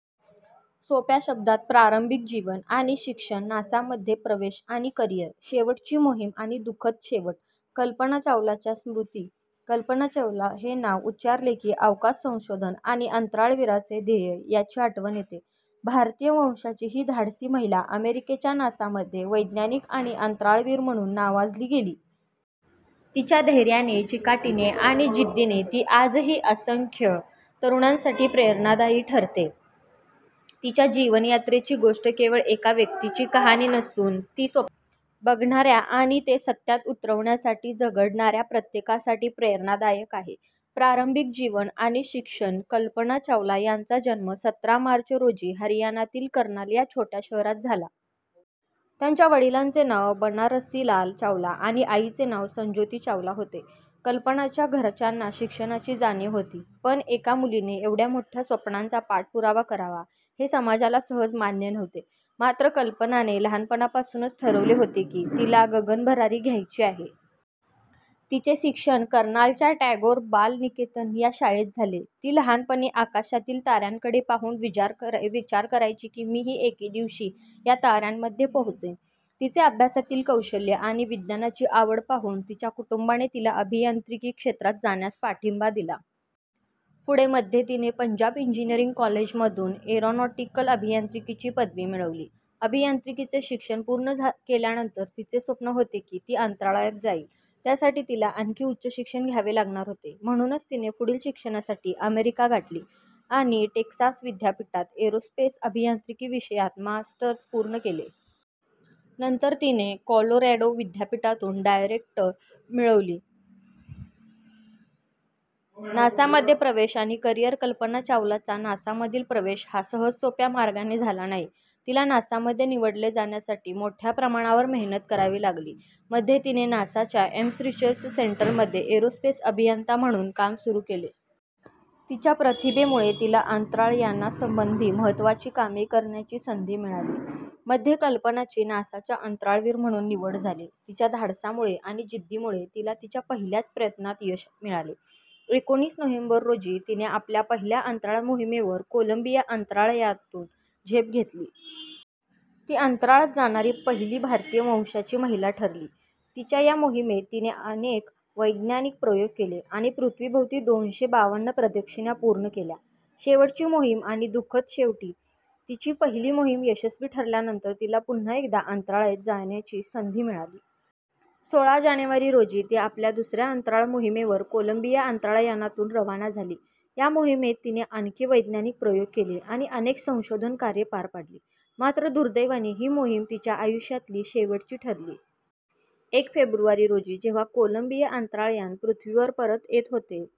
सोप्या शब्दात प्रारंभिक जीवन आणि शिक्षण, नासामध्ये प्रवेश आणि करिअर, शेवटची मोहिम आणि दुःखद शेवट, कल्पना चावलाच्या स्मृती, कल्पना चावला हे नाव उच्चारले की, अवकाश संशोधन आणि अंतराळवीरांचे ध्येय याची आठवण येते. भारतीय वंशाची ही धाडसी महिला अमेरिकेच्या नासामध्ये वैज्ञानिक आणि अंतराळवीर म्हणून नावाजली गेली. तिच्या धैर्याने, चिकाटीने आणि जिद्दीने ती आजही असंख्य तरुणांसाठी प्रेरणादायी ठरते. तिच्या जीवनयात्रेची गोष्ट केवळ एका व्यक्तीची कहाणी नसून ती स्वप्न बघणाऱ्या आणि ते सत्यात उतरवण्यासाठी झगडणाऱ्या प्रत्येकासाठी प्रेरणादायक आहे. प्रारंभिक जीवन आणि शिक्षण, कल्पना चावला यांचा जन्म सतरा मार्च रोजी हरियाणातील कर्नाल या छोट्या शहरात झाला. त्यांच्या वडिलांचे नाव बनारसीलाल चावला आणि आईचे नाव संज्योती चावला होते. कल्पनाच्या घरच्यांना शिक्षणाची जाणीव होती, पण एका मुलीने एवढ्या मोठ्या स्वप्नांचा पाठपुरावा करावा, हे समाजाला सहज मान्य नव्हते. मात्र, कल्पनाने लहानपणापासूनच ठरवले होते की, तिला गगनभरारी घ्यायची आहे. तिचे शिक्षण कर्नालच्या टॅगोर बाल निकेतन या शाळेत झाले. ती लहानपणी आकाशातील ताऱ्यांकडे पाहून विचार करायची की, मीही एके दिवशी या ताऱ्यांमध्ये पोहोचेन. तिचे अभ्यासातील कौशल्य आणि विज्ञानाची आवड पाहून तिच्या कुटुंबाने तिला अभियांत्रिकी क्षेत्रात जाण्यास पाठिंबा दिला. पुढे, मध्ये तिने पंजाब इंजिनिअरिंग कॉलेजमधून एरोनॉटिकल अभियांत्रिकीची पदवी मिळवली. अभियांत्रिकीचे शिक्षण पूर्ण केल्यानंतर तिचे स्वप्न होते की, ती अंतराळात जाईल. त्यासाठी तिला आणखी उच्च शिक्षण घ्यावे लागणार होते. म्हणूनच तिने पुढील शिक्षणासाठी अमेरिका गाठली आणि टेक्सास विद्यापीठात एरोस्पेस अभियांत्रिकी विषयात मास्टर्स पूर्ण केले. नंतर तिने कोलोरॅडो विद्यापीठातून डॉक्टरेट मिळवली. नासामध्ये प्रवेश आणि करिअर, कल्पना चावलाचा नासामधील प्रवेश हा सहजसोप्या मार्गाने झाला नाही. तिला नासामध्ये निवडले जाण्यासाठी मोठ्या प्रमाणावर मेहनत करावी लागली. मध्ये तिने नासाच्या एम्स रिसर्च सेंटरमध्ये एरोस्पेस अभियंता म्हणून काम सुरू केले. तिच्या प्रतिभेमुळे तिला अंतराळ यानांसंबंधी महत्त्वाची कामे करण्याची संधी मिळाली. मध्ये, कल्पनाची नासाच्या अंतराळवीर म्हणून निवड झाली. तिच्या धाडसामुळे आणि जिद्दीमुळे तिला तिच्या पहिल्याच प्रयत्नात यश मिळाले. एकोणीस नोव्हेंबर रोजी तिने आपल्या पहिल्या अंतराळ मोहिमेवर कोलंबिया अंतराळयानातून झेप घेतली. ती अंतराळात जाणारी पहिली भारतीय वंशाची महिला ठरली. तिच्या या मोहिमेत तिने अनेक वैज्ञानिक प्रयोग केले आणि पृथ्वीभोवती दोनशे बावन्न प्रदक्षिणा पूर्ण केल्या. शेवटची मोहिम आणि दुःखद शेवट, तिची पहिली मोहीम यशस्वी ठरल्यानंतर तिला पुन्हा एकदा अंतराळात जाण्याची संधी मिळाली. सोळा जानेवारी रोजी ती आपल्या दुसऱ्या अंतराळ मोहिमेवर कोलंबिया अंतराळयानातून रवाना झाली. या मोहिमेत तिने आणखी वैज्ञानिक प्रयोग केले आणि अनेक संशोधन कार्ये पार पाडली. मात्र, दुर्दैवाने ही मोहीम तिच्या आयुष्यातील शेवटची ठरली. एक फेब्रुवारी रोजी जेव्हा कोलंबिया अंतराळयान पृथ्वीवर परत येत होते,